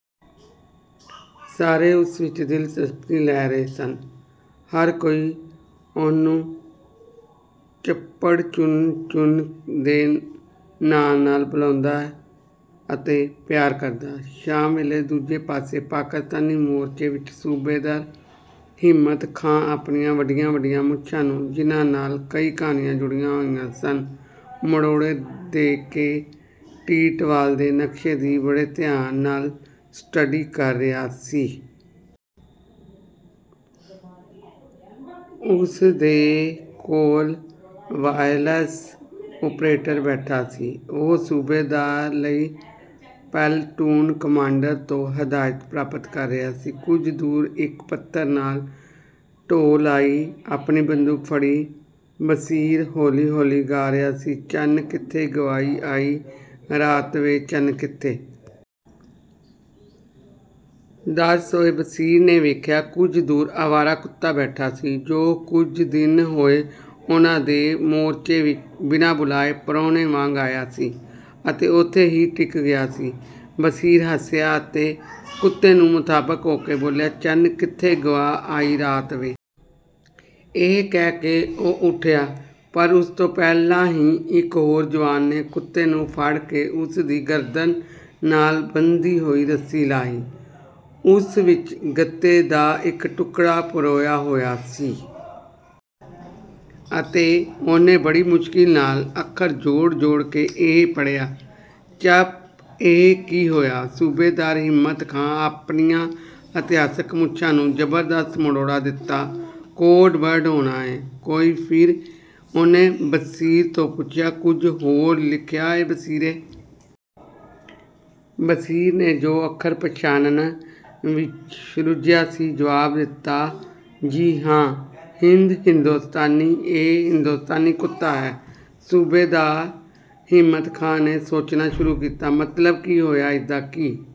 ਸਾਰੇ ਉਸ ਵਿੱਚ ਦਿਲਚਸਪੀ ਲੈ ਰਹੇ ਸਨ। ਹਰ ਕੋਈ ਉਹਨੂੰ ਚਪੜਝੁਣਝੁਣ ਦੇ ਨਾਂ ਨਾਲ ਬੁਲਾਉਂਦਾ ਅਤੇ ਪਿਆਰ ਕਰਦਾ। ਸ਼ਾਮ ਵੇਲੇ ਦੂਜੇ ਪਾਸੇ ਪਾਕਿਸਤਾਨੀ ਮੋਰਚੇ ਵਿੱਚ ਸੂਬੇਦਾਰ ਹਿੰਮਤ ਖਾਂ ਆਪਣੀਆਂ ਵੱਡੀਆਂ ਵੱਡੀਆਂ ਮੁੱਛਾਂ ਨੂੰ ਜਿਨ੍ਹਾਂ ਨਾਲ ਕਈ ਕਹਾਣੀਆਂ ਜੁੜੀਆਂ ਹੋਈਆਂ ਸਨ ਮਰੋੜੇ ਦੇ ਕੇ ਟੀਟਵਾਲ ਦੇ ਨਕਸ਼ੇ ਦੀ ਬੜੇ ਧਿਆਨ ਨਾਲ ਸਟੱਡੀ ਕਰ ਰਿਹਾ ਸੀ। ਉਸ ਦੇ ਕੋਲ ਵਾਇਰਲੈਸ ਓਪਰੇਟਰ ਬੈਠਾ ਸੀ ਉਹ ਸੂਬੇਦਾਰ ਲਈ ਪਲਟੂਨ ਕਮਾਂਡਰ ਤੋਂ ਹਦਾਇਤ ਪ੍ਰਾਪਤ ਕਰ ਰਿਹਾ ਸੀ। ਕੁਝ ਦੂਰ ਇੱਕ ਪੱਥਰ ਨਾਲ ਢੋਹ ਲਾਈ ਆਪਣੀ ਬੰਦੂਕ ਫੜੀ ਬਸ਼ੀਰ ਹੌਲੀ ਹੌਲੀ ਗਾ ਰਿਹਾ ਸੀ ਚੰਨ ਕਿੱਥੇ ਗਵਾਈ ਆਈ ਰਾਤ ਵੇ ਚੰਨ ਕਿੱਥੇ। ਦੱਸ ਓਏ। ਬਸ਼ੀਰ ਨੇ ਵੇਖਿਆ ਕੁੱਝ ਦੂਰ ਆਵਾਰਾ ਕੁੱਤਾ ਬੈਠਾ ਸੀ ਜੋ ਕੁੱਝ ਦਿਨ ਹੋਏ ਉਨ੍ਹਾਂ ਦੇ ਮੋਰਚੇ ਵਿੱਚ ਬਿਨਾਂ ਬੁਲਾਏ ਪਰਾਹੁਣੇ ਵਾਂਗ ਆਇਆ ਸੀ ਅਤੇ ਉਥੇ ਹੀ ਟਿਕ ਗਿਆ ਸੀ। ਬਸ਼ੀਰ ਹੱਸਿਆ ਅਤੇ ਕੁੱਤੇ ਨੂੰ ਮੁਖਾਤਬ ਹੋ ਕੇ ਬੋਲਿਆ ਚੰਨ ਕਿੱਥੇ ਗਵਾਈ ਆਈ ਰਾਤ ਵੇ। ਇਹ ਕਹਿ ਕੇ ਉਹ ਉਠਿਆ ਪਰ ਉਸਤੋਂ ਪਹਿਲਾਂ ਹੀ ਇੱਕ ਹੋਰ ਜੁਆਨ ਨੇ ਕੁੱਤੇ ਨੂੰ ਫੜ ਕੇ ਉਸ ਦੀ ਗਰਦਨ ਨਾਲ ਬੱਧੀ ਹੋਈ ਰੱਸੀ ਲਾਹੀ। ਉਸ ਵਿੱਚ ਗੱਤੇ ਦਾ ਇੱਕ ਟੁਕੜਾ ਪਰੋਇਆ ਹੋਇਆ ਸੀ। ਅਤੇ ਉਹਨੇ ਬੜੀ ਮੁਸ਼ਕਲ ਨਾਲ ਅੱਖਰ ਜੋੜ ਜੋੜ ਕੇ ਇਹ ਪੜ੍ਹਿਆ ਚਪ ਇਹ ਕੀ ਹੋਇਆ। ਸੂਬੇਦਾਰ ਹਿੰਮਤ ਖਾਂ ਆਪਣੀਆਂ ਇਤਿਹਾਸਕ ਮੁੱਛਾਂ ਨੂੰ ਜ਼ਬਰਦਸਤ ਮਰੋੜਾ ਦਿੱਤਾ ਕੋਡ ਵਰਡ ਹੋਣਾ ਏ ਕੋਈ। ਫਿਰ ਉਹਨੇ ਬਸ਼ੀਰ ਤੋਂ ਪੁੱਛਿਆ ਕੁੱਝ ਹੋਰ ਲਿਖਿਆ ਏ ਬਸ਼ੀਰੇ। ਬਸ਼ੀਰ ਨੇ ਜੋ ਅੱਖਰ ਪਛਾਨਣ ਵਿੱਚ ਰੁੱਝਿਆ ਸੀ ਜਵਾਬ ਦਿੱਤਾ ਜੀ ਹਾਂ ਹਿੰਦ ਹਿੰਦੋਸਤਾਨੀ ਇਹ ਹਿੰਦੋਸਤਾਨੀ ਕੁੱਤਾ ਹੈ। ਸੂਬੇਦਾਰ ਹਿੰਮਤ ਖਾਂ ਨੇ ਸੋਚਣਾ ਸ਼ੁਰੂ ਕੀਤਾ, ਮਤਲਬ ਕੀ ਹੋਇਆ ਇਸਦਾ? ਕੀ